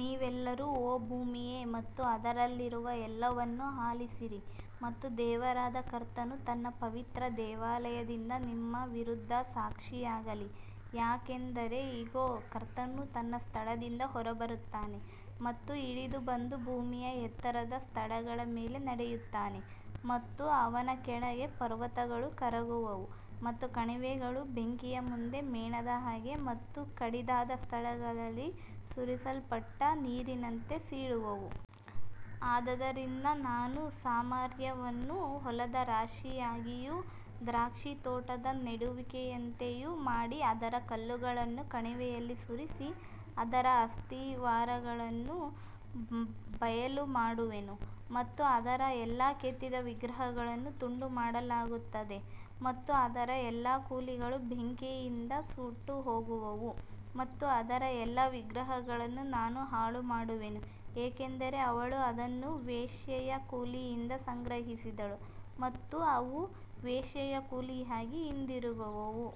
ನೀವೆಲ್ಲರೂ ಓ ಭೂಮಿಯೇ ಮತ್ತು ಅದರಲ್ಲಿರುವ ಎಲ್ಲವನ್ನೂ ಆಲಿಸಿರಿ ಮತ್ತು ದೇವರಾದ ಕರ್ತನು ತನ್ನ ಪವಿತ್ರ ದೇವಾಲಯದಿಂದ ನಿಮ್ಮ ವಿರುದ್ಧ ಸಾಕ್ಷಿಯಾಗಲಿ ಯಾಕಂದರೆ ಇಗೋ, ಕರ್ತನು ತನ್ನ ಸ್ಥಳದಿಂದ ಹೊರಬರುತ್ತಾನೆ ಮತ್ತು ಇಳಿದು ಬಂದು ಭೂಮಿಯ ಎತ್ತರದ ಸ್ಥಳಗಳ ಮೇಲೆ ನಡೆಯುತ್ತಾನೆ ಮತ್ತು ಅವನ ಕೆಳಗೆ ಪರ್ವತಗಳು ಕರಗುವವು ಮತ್ತು ಕಣಿವೆಗಳು ಬೆಂಕಿಯ ಮುಂದೆ ಮೇಣದ ಹಾಗೆ ಮತ್ತು ಕಡಿದಾದ ಸ್ಥಳದಲ್ಲಿ ಸುರಿಸಲ್ಪಟ್ಟ ನೀರಿನಂತೆ ಸೀಳುವವು. ಆದದರಿಂದ ನಾನು ಸಮಾರ್ಯವನ್ನು ಹೊಲದ ರಾಶಿಯಾಗಿಯೂ ದ್ರಾಕ್ಷಿತೋಟದ ನೆಡುವಿಕೆಯಂತೆಯೂ ಮಾಡಿ ಅದರ ಕಲ್ಲುಗಳನ್ನು ಕಣಿವೆಯಲ್ಲಿ ಸುರಿಸಿ ಅದರ ಅಸ್ತಿವಾರಗಳನ್ನು ಬಯಲುಮಾಡುವೆನು. ಮತ್ತು ಅದರ ಎಲ್ಲಾ ಕೆತ್ತಿದ ವಿಗ್ರಹಗಳನ್ನು ತುಂಡುಮಾಡಲಾಗುತ್ತದೆ ಮತ್ತು ಅದರ ಎಲ್ಲಾ ಕೂಲಿಗಳು ಬೆಂಕಿಯಿಂದ ಸುಟ್ಟುಹೋಗುವವು ಮತ್ತು ಅದರ ಎಲ್ಲಾ ವಿಗ್ರಹಗಳನ್ನು ನಾನು ಹಾಳುಮಾಡುವೆನು ಏಕೆಂದರೆ ಅವಳು ಅದನ್ನು ವೇಶ್ಯೆಯ ಕೂಲಿಯಿಂದ ಸಂಗ್ರಹಿಸಿದಳು ಮತ್ತು ಅವು ವೇಶ್ಯೆಯ ಕೂಲಿಯಾಗಿ ಹಿಂದಿರುಗುವವು.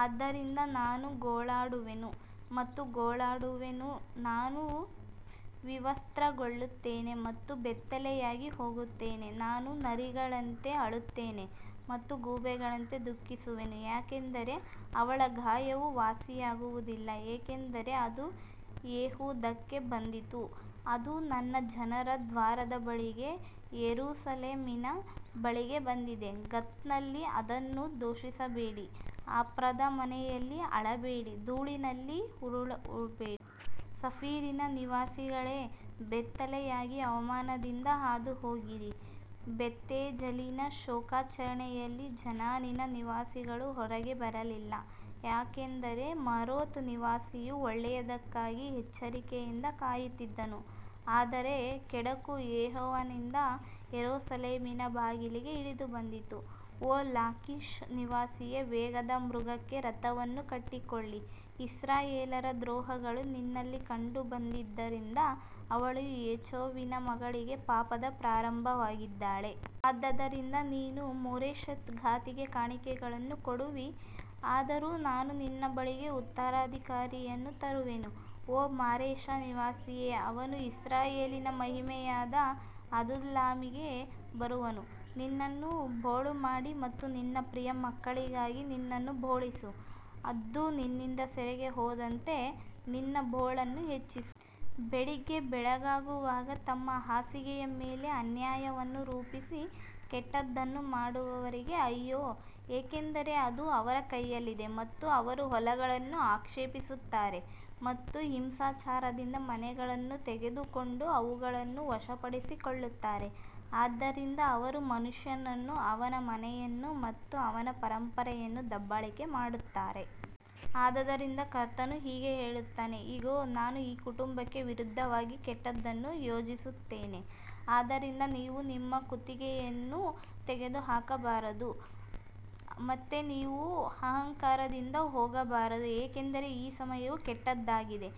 ಆದದರಿಂದ ನಾನು ಗೋಳಾಡುವೆನು ಮತ್ತು ಗೋಳಾಡುವೆನು, ನಾನು ವಿವಸ್ತ್ರಗೊಳ್ಳುತ್ತೇನೆ ಮತ್ತು ಬೆತ್ತಲೆಯಾಗಿ ಹೋಗುತ್ತೇನೆ, ನಾನು ನರಿಗಳಂತೆ ಅಳುತ್ತೇನೆ ಮತ್ತು ಗೂಬೆಗಳಂತೆ ದುಃಖಿಸುವೆನು, ಯಾಕಂದರೆ ಅವಳ ಗಾಯವು ವಾಸಿಯಾಗುವುದಿಲ್ಲ, ಏಕೆಂದರೆ ಅದು ಯೆಹೂದಕ್ಕೆ ಬಂದಿತು, ಅದು ನನ್ನ ಜನರ ದ್ವಾರದ ಬಳಿಗೆ, ಯೆರೂಸಲೇಮಿನ ಬಳಿಗೆ ಬಂದಿದೆ. ಗತ್ನಲ್ಲಿ ಅದನ್ನು ಘೋಷಿಸಬೇಡಿ, ಅಫ್ರದ ಮನೆಯಲ್ಲಿ ಅಳಬೇಡಿ, ಧೂಳಿನಲ್ಲಿ ಉರುಳಬೇಡಿ. ಸಫೀರಿನ ನಿವಾಸಿಗಳೇ, ಬೆತ್ತಲೆಯಾಗಿ ಅವಮಾನದಿಂದ ಹಾದುಹೋಗಿರಿ, ಬೆತ್ತೇಜಲಿನ ಶೋಕಾಚರಣೆಯಲ್ಲಿ ಜಾನಾನಿನ ನಿವಾಸಿಗಳು ಹೊರಗೆ ಬರಲಿಲ್ಲ. ಯಾಕಂದರೆ ಮಾರೋತ್ ನಿವಾಸಿಯು ಒಳ್ಳೆಯದಕ್ಕಾಗಿ ಎಚ್ಚರಿಕೆಯಿಂದ ಕಾಯುತ್ತಿದ್ದನು, ಆದರೆ ಕೆಡುಕು ಯೆಹೋವನಿಂದ ಯೆರೂಸಲೇಮಿನ ಬಾಗಿಲಿಗೆ ಇಳಿದು ಬಂದಿತು. ಓ ಲಾಕಿಷ್ ನಿವಾಸಿಯೇ, ವೇಗದ ಮೃಗಕ್ಕೆ ರಥವನ್ನು ಕಟ್ಟಿಕೊಳ್ಳಿ, ಇಸ್ರಾಯೇಲ್ಯರ ದ್ರೋಹಗಳು ನಿನ್ನಲ್ಲಿ ಕಂಡುಬಂದಿದ್ದರಿಂದ ಅವಳು ಚೀಯೋನಿನ ಮಗಳಿಗೆ ಪಾಪದ ಪ್ರಾರಂಭವಾಗಿದ್ದಾಳೆ. ಆದದರಿಂದ ನೀನು ಮೋರೆಶೆತ್ ಗಾತಿಗೆ ಕಾಣಿಕೆಗಳನ್ನು ಕೊಡುವಿ, ಆದರೂ ನಾನು ನಿನ್ನ ಬಳಿಗೆ ಉತ್ತರಾಧಿಕಾರಿಯನ್ನು ತರುವೆನು, ಓ ಮಾರೇಷಾ ನಿವಾಸಿಯೇ, ಅವನು ಇಸ್ರಾಯೇಲಿನ ಮಹಿಮೆಯಾದ ಅದುಲ್ಲಾಮಿಗೆ ಬರುವನು. ನಿನ್ನನ್ನು ಬೋಳುಮಾಡಿ ಮತ್ತು ನಿನ್ನ ಪ್ರಿಯ ಮಕ್ಕಳಿಗಾಗಿ ನಿನ್ನನ್ನು ಬೋಳಿಸು, ಹದ್ದು ನಿನ್ನಿಂದ ಸೆರೆಗೆ ಹೋದಂತೆ ನಿನ್ನ ಬೋಳನ್ನು ಹೆಚ್ಚಿಸು. ಬೆಳಿಗ್ಗೆ ಬೆಳಗಾಗುವಾಗ ತಮ್ಮ ಹಾಸಿಗೆಯ ಮೇಲೆ ಅನ್ಯಾಯವನ್ನು ರೂಪಿಸಿ ಕೆಟ್ಟದ್ದನ್ನು ಮಾಡುವವರಿಗೆ ಅಯ್ಯೋ, ಏಕೆಂದರೆ ಅದು ಅವರ ಕೈಯಲ್ಲಿದೆ. ಮತ್ತು ಅವರು ಹೊಲಗಳನ್ನು ಅಪೇಕ್ಷಿಸುತ್ತಾರೆ ಮತ್ತು ಹಿಂಸಾಚಾರದಿಂದ ಮನೆಗಳನ್ನು ತೆಗೆದುಕೊಂಡು ಅವುಗಳನ್ನು ವಶಪಡಿಸಿಕೊಳ್ಳುತ್ತಾರೆ, ಆದ್ದರಿಂದ ಅವರು ಮನುಷ್ಯನನ್ನೂ ಅವನ ಮನೆಯನ್ನು ಮತ್ತು ಅವನ ಪರಂಪರೆಯನ್ನೂ ದಬ್ಬಾಳಿಕೆ ಮಾಡುತ್ತಾರೆ. ಆದದರಿಂದ ಕರ್ತನು ಹೀಗೆ ಹೇಳುತ್ತಾನೆ, ಇಗೋ, ನಾನು ಈ ಕುಟುಂಬಕ್ಕೆ ವಿರುದ್ಧವಾಗಿ ಕೆಟ್ಟದ್ದನ್ನು ಯೋಜಿಸುತ್ತೇನೆ, ಅದರಿಂದ ನೀವು ನಿಮ್ಮ ಕುತ್ತಿಗೆಯನ್ನು ತೆಗೆದುಹಾಕಬಾರದು ಮತ್ತು ನೀವು ಅಹಂಕಾರದಿಂದ ಹೋಗಬಾರದು, ಏಕೆಂದರೆ ಈ ಸಮಯವು ಕೆಟ್ಟದ್ದಾಗಿದೆ.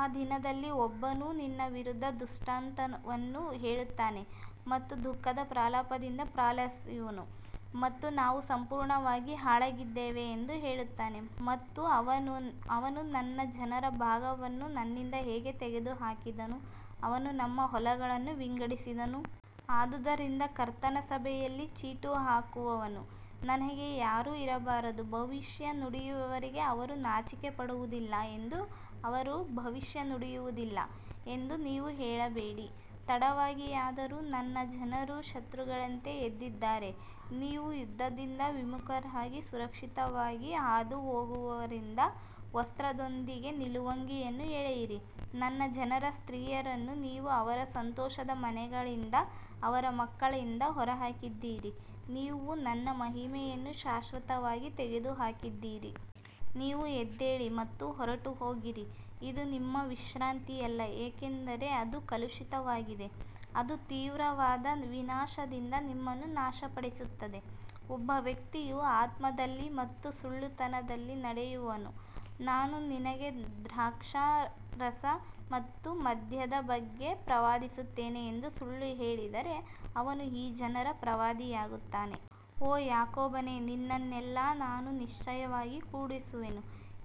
ಆ ದಿನದಲ್ಲಿ ಒಬ್ಬನು ನಿನ್ನ ವಿರುದ್ಧ ದೃಷ್ಟಾಂತವನ್ನು ಹೇಳುತ್ತಾನೆ ಮತ್ತು ದುಃಖದ ಪ್ರಲಾಪದಿಂದ ಪ್ರಲಾಪಿಸುವನು ಮತ್ತು ನಾವು ಸಂಪೂರ್ಣವಾಗಿ ಹಾಳಾಗಿದ್ದೇವೆ ಎಂದು ಹೇಳುತ್ತಾನೆ ಮತ್ತು ಅವನು ನನ್ನ ಜನರ ಭಾಗವನ್ನು ನನ್ನಿಂದ ಹೇಗೆ ತೆಗೆದುಹಾಕಿದನು, ಅವನು ನಮ್ಮ ಹೊಲಗಳನ್ನು ವಿಂಗಡಿಸಿದನು. ಆದುದರಿಂದ ಕರ್ತನ ಸಭೆಯಲ್ಲಿ ಚೀಟು ಹಾಕುವವನು ನಿನಗೆ ಯಾರೂ ಇರಬಾರದು. ಭವಿಷ್ಯ ನುಡಿಯುವವರಿಗೆ ಅವರು ನಾಚಿಕೆಪಡುವುದಿಲ್ಲ ಎಂದು ಅವರು ಭವಿಷ್ಯ ನುಡಿಯುವುದಿಲ್ಲ ಎಂದು ನೀವು ಹೇಳಬೇಡಿ. ತಡವಾಗಿಯಾದರೂ ನನ್ನ ಜನರು ಶತ್ರುಗಳಂತೆ ಎದ್ದಿದ್ದಾರೆ, ನೀವು ಯುದ್ಧದಿಂದ ವಿಮುಖರಾಗಿ ಸುರಕ್ಷಿತವಾಗಿ ಹಾದುಹೋಗುವವರಿಂದ ವಸ್ತ್ರದೊಂದಿಗೆ ನಿಲುವಂಗಿಯನ್ನು ಎಳೆಯಿರಿ. ನನ್ನ ಜನರ ಸ್ತ್ರೀಯರನ್ನು ನೀವು ಅವರ ಸಂತೋಷದ ಮನೆಗಳಿಂದ, ಅವರ ಮಕ್ಕಳಿಂದ ಹೊರಹಾಕಿದ್ದೀರಿ, ನೀವು ನನ್ನ ಮಹಿಮೆಯನ್ನು ಶಾಶ್ವತವಾಗಿ ತೆಗೆದುಹಾಕಿದ್ದೀರಿ. ನೀವು ಎದ್ದೇಳಿ ಮತ್ತು ಹೊರಟುಹೋಗಿರಿ, ಇದು ನಿಮ್ಮ ವಿಶ್ರಾಂತಿಯಲ್ಲ, ಏಕೆಂದರೆ ಅದು ಕಲುಷಿತವಾಗಿದೆ, ಅದು ತೀವ್ರವಾದ ವಿನಾಶದಿಂದ ನಿಮ್ಮನ್ನು ನಾಶಪಡಿಸುತ್ತದೆ. ಒಬ್ಬ ವ್ಯಕ್ತಿಯು ಆತ್ಮದಲ್ಲಿ ಮತ್ತು ಸುಳ್ಳುತನದಲ್ಲಿ ನಡೆಯುವವನು, ನಾನು ನಿನಗೆ ದ್ರಾಕ್ಷಾರಸ ಮತ್ತು ಮದ್ಯದ ಬಗ್ಗೆ ಪ್ರವಾದಿಸುತ್ತೇನೆ ಎಂದು ಸುಳ್ಳು ಹೇಳಿದರೆ, ಅವನು ಈ ಜನರ ಪ್ರವಾದಿಯಾಗುತ್ತಾನೆ. ಓ ಯಾಕೋಬನೇ, ನಿನ್ನನ್ನೆಲ್ಲ ನಾನು ನಿಶ್ಚಯವಾಗಿ ಕೂಡಿಸುವೆನು,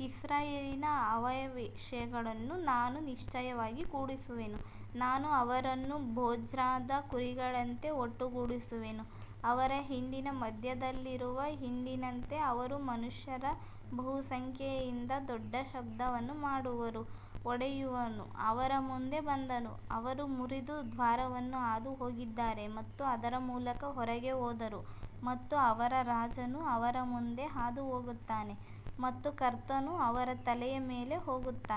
ಇಸ್ರಾಯೇಲಿನ ಅವಶೇಷಗಳನ್ನು ನಾನು ನಿಶ್ಚಯವಾಗಿ ಕೂಡಿಸುವೆನು, ನಾನು ಅವರನ್ನು ಬೊಜ್ರಾದ ಕುರಿಗಳಂತೆ ಒಟ್ಟುಗೂಡಿಸುವೆನು, ಅವರ ಹಿಂಡಿನ ಮಧ್ಯದಲ್ಲಿರುವ ಹಿಂಡಿನಂತೆ ಅವರು ಮನುಷ್ಯರ ಬಹುಸಂಖ್ಯೆಯಿಂದ ದೊಡ್ಡ ಶಬ್ದವನ್ನು ಮಾಡುವರು. ಒಡೆಯುವವನು ಅವರ ಮುಂದೆ ಬಂದನು, ಅವರು ಮುರಿದು ದ್ವಾರವನ್ನು ಹಾದು ಹೋಗಿದ್ದಾರೆ ಮತ್ತು ಅದರ ಮೂಲಕ ಹೊರಗೆ ಹೋದರು ಮತ್ತು ಅವರ ರಾಜನು ಅವರ ಮುಂದೆ ಹಾದು ಹೋಗುತ್ತಾನೆ ಮತ್ತು ಕರ್ತನು ಅವರ ತಲೆಯ ಮೇಲೆ ಹೋಗುತ್ತಾನೆ.